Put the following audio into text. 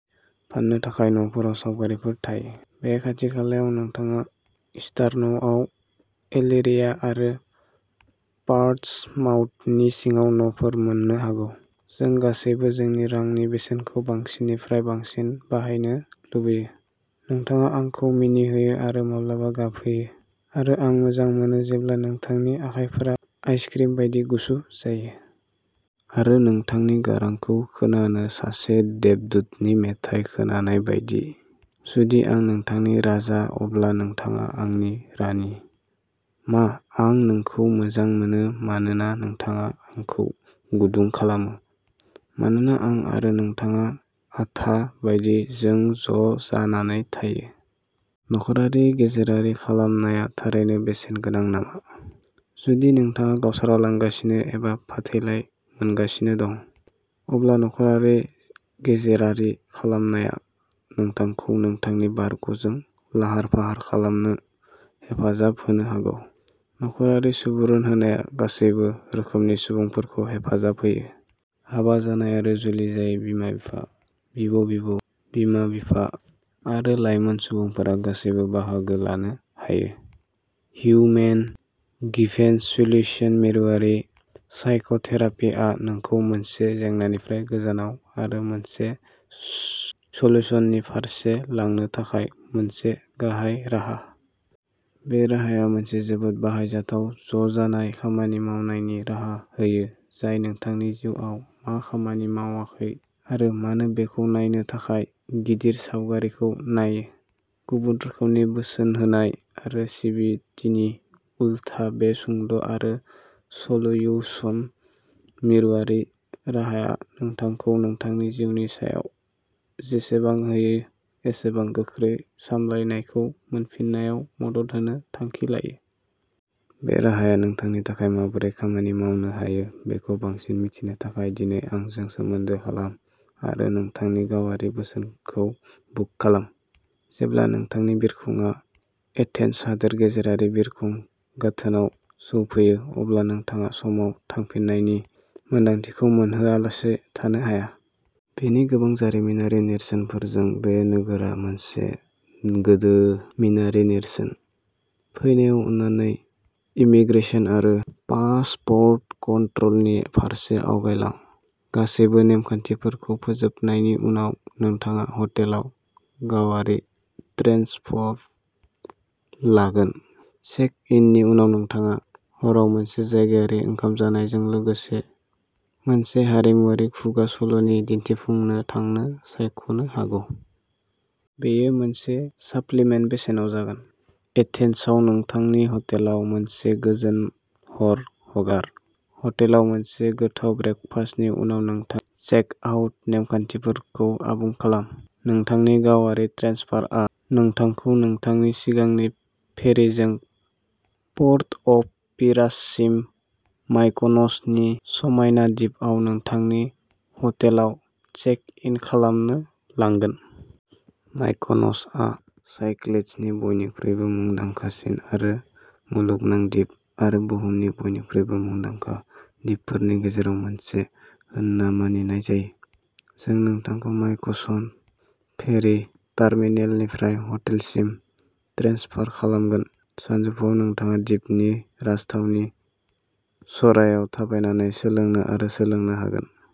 फान्नो थाखाय न'फोराव सावगारिफोर थायो। बे खाथिखालायाव नोंथाङा इस्टार्नआव एलिरिया आरो पोर्टसमाउथनि सिङाव न'फोर मोन्नो हागौ। जों गासैबो जोंनि रांनि बेसेनखौ बांसिननिफ्राय बांसिन बाहायनो लुबैयो। नोंथाङा आंखौ मिनिहोयो आरो माब्लाबा गाबहोयो। आरो आं मोजां मोनो जेब्ला नोंथांनि आखाइफोरा आइसक्रिम बायदि गुसु जायो। आरो नोंथांनि गारांखौ खोनानो सासे देबदूतनि मेथाइ खोनानाय बायदि। जुदि आं नोंथांनि राजा अब्ला नोंथाङा आंनि रानि। मा आं नोंखौ मोजां मोनो मानोना नोंथाङा आंखौ गुदुं खालामो। मानोना आं आरो नोंथाङा आथा बायदि जों ज'जानानै थायो। नख'रारि गेजेरारि खालामनाया थारैनो बेसेन गोनां नामा? जुदि नोंथाङा गावस्रालांगासिनो एबा फाथैलाइ मोनगासिनो दं। अब्ला नख'रारि गेजेरारि खालामनाया नोंथांखौ नोंथांनि बारग'जों लाहार-फाहार खालामनो हेफाजाब होनो हागौ। नखरनि सुबुरुन होनाया गासैबो रोखोमनि सुबुंफोरखौ हेफाजाब होयो। हाबा जानाय आरो जुलि जायै बिमा-बिफा, बिबौ-बिबौ, बिमा-बिफा आरो लाइमोन सुबुंफोरा गासैबो बाहागो लानो हायो। हिउमेन गिभेन्स सलयुशन मिरुआरि साइक'थेरापिआ नोंखौ मोनसे जेंनानिफ्राय गोजानाव आरो मोनसे सल्युसननि फारसे लांनो थाखाय मोनसे गाहाय राहा। बे राहाया मोनसे जोबोद बाहायजाथाव ज'जानाय खामानि मावनायनि राहा होयो जाय नोंथांनि जिउआव मा खामानि मावाखै आरो मानो बेखौ नायनो थाखाय गिदिर सावगारिखौ नायो। गुबुन रोखोमनि बोसोन होनाय आरो सिबिटिनि उलथा बे सुंद'आरो सलयुशन मिरुआरि राहाआ नोंथांखौ नोंथांनि जिउनि सायाव जेसेबां हायो एसेबां गोख्रै सामलायनायखौ मोनफिननायाव मदद होनो थांखि लायो। बे राहाया नोंथांनि थाखाय माबोरै खामानि मावनो हायो बेखौ बांसिन मिथिनो थाखाय दिनै आंजों सोमोन्दो खालाम आरो नोंथांनि गावारि बोसोनखौ बुक खालाम। जेब्ला नोंथांनि बिरखंआ एथेन्स हादोर गेजेरारि बिरखं गाथोनाव सौफैयो अब्ला नोंथाङा समाव थांफिननायनि मोनदांथिखौ मोनहोआलासै थानो हाया। बेनि गोबां जारिमिनारि नेरसोनफोरजों बे नोगोरा मोनसे गोदोमिनारि नेरसोन। फैनायाव अननानै इमिग्रेशन आरो पासपोर्ट कनट्र'लनि फारसे आवगायलां। गासैबो नेमखान्थिफोरखौ फोजोबनायनि उनाव नोंथाङा हटेलाव गावारि ट्रेनसफार लागोन। चेक-इननि उनाव नोंथाङा हराव मोनसे जायगायारि ओंखाम जानायजों लोगोसे मोनसे हारिमुआरि खुगा सल'नि दिन्थिफुंनो थांनो सायख'नो हागौ। बेयो मोनसे साप्लिमेन्ट बेसेनआव जागोन। एथेन्सआव नोंथांनि हटेलाव मोनसे गोजोन हर हगार। हटेलाव मोनसे गोथाव ब्रेकफास्टनि उनाव नोंथांनि चेक-आउट नेमखान्थिफोरखौ आबुं खालाम। नोंथांनि गावारि ट्रेनसफारआ नोंथांखौ नोंथांनि सिगांनि फेरिजों पोर्ट अफ पिरायससिम मायकन'सनि समायना दिपआव नोंथांनि हटेलाव चेक-इन खालामनो लांगोन। मायकन'सआ साइक्लेड्सनि बयनिख्रुइबो मुंदांखासिन आरो मुलुगनां दिप आरो बुहुमनि बयनिख्रुइबो मुंदांखा दिपफोरनि गेजेराव मोनसे होनना मानिनाय जायो। जों नोंथांखौ मायकन'स फेरि टार्मिनेलनिफ्राय हटेलसिम ट्रेन्सफार खालामगोन। सानजौफुआव नोंथाङा दिपनि राजथावनि च'रायाव थाबायनानै सोलोंनो आरो सोलोंनो हागोन।